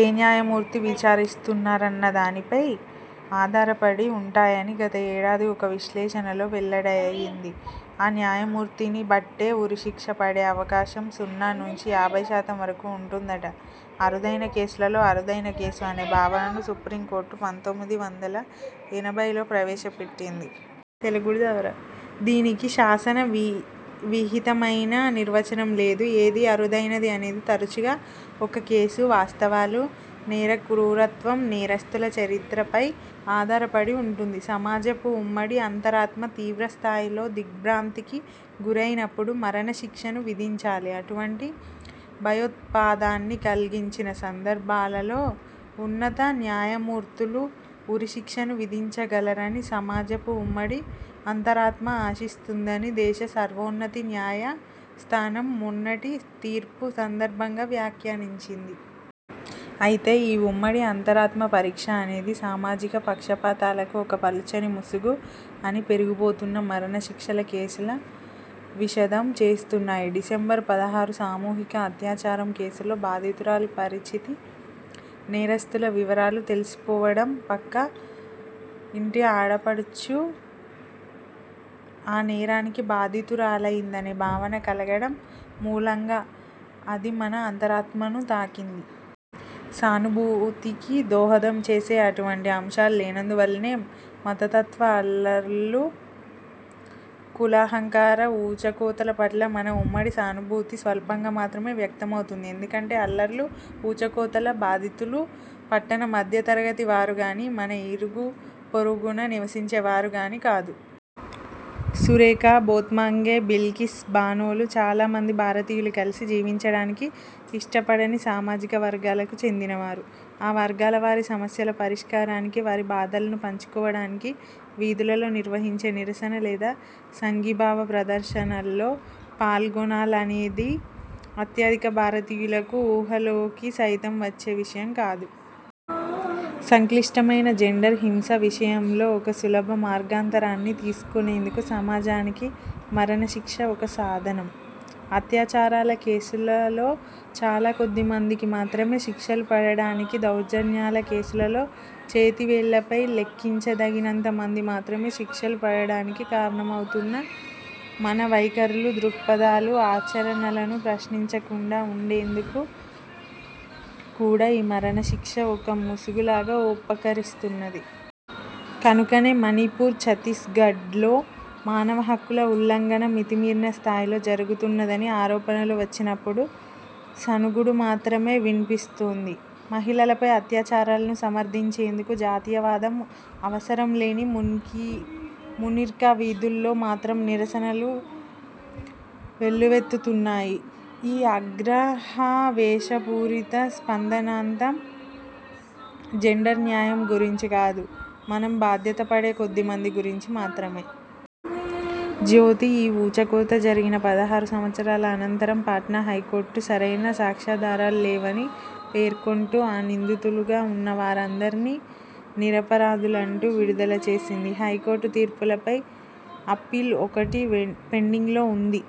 ఏ న్యాయమూర్తి విచారిస్తున్నారన్న దానిపై ఆధారపడి ఉంటాయని గత ఏడాది ఒక విశ్లేషణలో వెల్లడయింది. ఆ న్యాయమూర్తిని బట్టే ఉరిశిక్ష పడే అవకాశం సున్నా నుంచి యాభైశాతం వరకూ ఉంటుందట. 'అరుదైన కేసులలో అరుదైన కేసు' అనే భావనను సుప్రీంకోర్టు పంతొమ్మిది వందల ఎనభైలో ప్రవేశపెట్టింది. దీనికి శాసన వి విహితమైన నిర్వచనం లేదు. ఏది అరుదైనది అనేది తరచుగా ఒక కేసు వాస్తవాలు, నేర క్రూరత్వం, నేరస్థుల చరిత్ర పై ఆధారపడి వుంటుంది. 'సమాజపు ఉమ్మడి అంతరాత్మ తీవ్రస్థాయిలో దిగ్భ్రాంతికి గురయినప్పుడు మరణశిక్షను విధించాలి. అటువంటి భయోత్పాతాన్ని కల్గించిన సందర్భాలలో ఉన్నత న్యాయమూర్తులు ఉరిశిక్షను విధించగలరని సమాజపు ఉమ్మడి అంతరాత్మ ఆశిస్తుందని' దేశ సర్వోన్నతి న్యాయస్థానం మొన్నటి తీర్పు సందర్భంగా వ్యాఖ్యానించింది. అయితే ఈ 'ఉమ్మడి అంతరాత్మ పరీక్ష' అనేది సామాజిక పక్షపాతాలకు ఒక పలుచని ముసుగు అని పెరిగిపోతున్న మరణ శిక్షల కేసులు విశదం చేస్తున్నాయి. డిసెంబర్ పదహారు సామూహిక అత్యాచారం కేసులో బాధితురాలి పరిచితి, నేరస్థుల వివరాలు తెలిసుకోవడం, పక్క ఇంటి ఆడపడుచు ఆ నేరానికి బాధితురాలయిందనే భావన కలగడం మూలంగ, అది మన అంతరాత్మను తాకింది. సానుభూతికి దోహదం చేసే అటువంటి అంశాలు లేనందువల్లనే మతతత్వ అల్లర్లు, కుల అహంకార ఊచకోతల పట్ల మన ఉమ్మడి సహానుభూతి స్వల్పంగా మాత్రమే వ్యక్తమవుతుంది. ఎందుకంటే అల్లర్లు, ఊచకోతల బాధితులు పట్టణ మధ్యతరగతి వారు గానీ, మన ఇరుగు పొరుగున నివసించే వారు గానీ కాదు. సురేఖా భోత్మాంగే, బిల్కిస్ బానోలు చాలా మంది భారతీయులు కలసి జీవించడానికి ఇష్టపడని సామాజిక వర్గాలకు చెందినవారు. ఆ వర్గాల వారి సమస్యల పరిష్కారానికి, వారి బాధలను పంచుకోవడానికి వీధులలో నిర్వహించే నిరసన లేదా సంఘీభావ ప్రదర్శనల్లో పాల్గొనాలనేది అత్యధిక భారతీయులకు ఊహలోకి సైతం వచ్చే విషయం కాదు. సంక్లిష్టమైన జెండర్ హింస విషయంలో ఒక సులభ మార్గాంతరాన్ని తీసుకొనేందుకు సమాజానికి మరణ శిక్ష ఒక సాధనం. అత్యాచారాల కేసులలో చాలాకొద్ది మంది మాత్రమే శిక్షలు పడడానికీ, దౌర్జన్యాల కేసులలో చేతివేళ్ళపై లెక్కించదగినంత మందికి మాత్రమే శిక్షలు పడడానికి కారణమవుతున్న మన వైఖరులు, దృక్పథాలు, ఆచరణలను ప్రశ్నించకుండా వుండేందుకు కూడా ఈ మరణ శిక్ష ఒక ముసుగులాగా ఉపకరిస్తున్నది. కనుకనే మణిపూర్, ఛత్తీస్గఢ్లో మానవ హక్కుల ఉల్లంఘన మితిమీరిన స్థాయిలో జరుగుతున్నదని ఆరోపణలు వచ్చినప్పుడు సణుగుడు మాత్రమే విన్పిస్తోంది. మహిళలపై అత్యాచారాలను సమర్థించేందుకు జాతీయవాదం అవసరం లేని మూని మునిర్కా వీథుల్లో మాత్రం నిరసనలు వెల్లువెత్తుతున్నాయి. ఈ ఆగ్రహావేశపూరిత స్పందనంతా జెండర్ న్యాయం గురించి కాదు మనం బాధ్యతపడే కొద్దిమంది గురించి మాత్రమే. జ్యోతి ఈ ఊచకోత జరిగిన పదహారు సంవత్సరాల అనంతరం పాట్నా హైకోర్టు, సరైన సాక్ష్యాధారాలు లేవని పేర్కొంటూ ఆ నిందితులుగా వున్నవారినందరినీ నిరపరాధులంటూ విడుదల చేసింది. హైకోర్టు తీర్పులపై అప్పీల్ ఒకటి పెండింగ్లో ఉన్నది.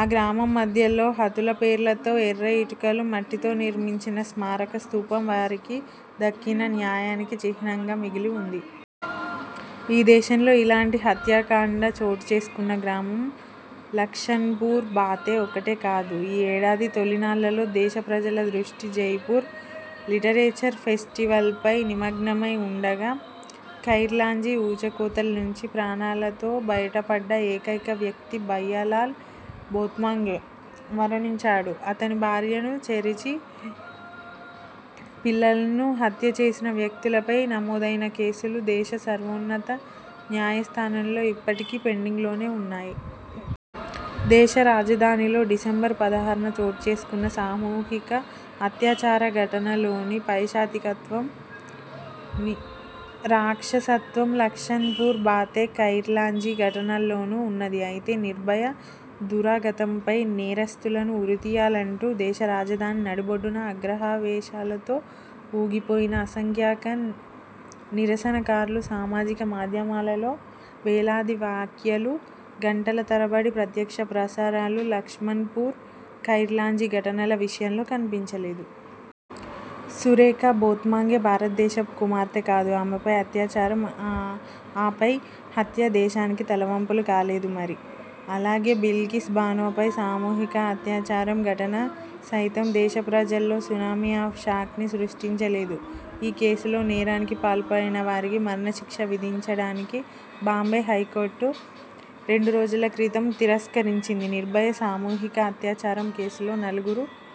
ఆ గ్రామం మధ్యలో హతుల పేర్లతో ఎర్ర ఇటుకలు, మట్టితో నిర్మించిన స్మారక స్తూపం వారికి దక్కిన న్యాయానికి చిహ్నంగా మిగిలి వుంది. ఈ దేశంలో ఇలాంటి హత్యాకాండ చోటుచేసుకున్న గ్రామం లక్షణ్పూర్ బాతే ఒక్కటే కాదు. ఈ ఏడాది తొలినాళ్ళలో దేశ ప్రజల దృష్టి జైపూర్ లిటరేచర్ ఫెస్టివల్పై నిమగ్నమై వుండగా, ఖైర్లాంజీ ఊచకోతల నుంచి ప్రాణాలతో బయటపడ్డ ఏకైక వ్యక్తి భయ్యాలాల్ భోత్మాంగే మరణించాడు. అతని భార్యను చెరిచి, పిల్లలను హత్య చేసిన వ్యక్తులపై నమోదైన కేసులు దేశ సర్వోన్నత న్యాయస్థానంలో ఇప్పటికీ పెండింగ్లోనే వున్నాయి. దేశ రాజధానిలో డిసెంబర్ పదహారున చోటుచేసుకున్న సామూహిక అత్యాచార ఘటనలోని పైశాచికత్వం, రాక్షసత్వం లక్ష్మణ్పూర్ బాతే, ఖైర్లాంజీ ఘటనల్లోనూ ఉన్నది. అయితే 'నిర్భయ' దురాగతంపై నేరస్థులను ఉరితీయాలంటూ దేశ రాజధాని నడిబొడ్డున ఆగ్రహావేశాలతో ఊగిపోయిన అసంఖ్యాక నిరసనకారులు, సామాజిక మాధ్యమాలలో వేలాది వ్యాఖ్యలు, గంటల తరబడి ప్రత్యక్ష ప్రసారాలు లక్ష్మణ్పూర్, ఖైర్లాంజీ ఘటనల విషయంలో కన్పించలేదు. సురేఖా భోత్మాంగే భారతదేశపు కుమార్తె కాదు ఆమెపై అత్యాచారం, ఆపై హత్య దేశానికి తలవంపులు కాలేదు మరి. అలాగే, బిల్కిస్ బానోపై సామూహిక అత్యాచారం ఘటన సైతం దేశప్రజల్లో 'సునామీ ఆఫ్ షాక్'ని సృష్టించలేదు. ఈ కేసులో నేరానికి పాల్పడిన వారికి మరణశిక్ష విధించడానికి బాంబే హైకోర్టు రెండు రోజుల క్రితం తిరస్కరించింది. 'నిర్భయ' సామూహిక అత్యాచారం కేసులో నలుగురు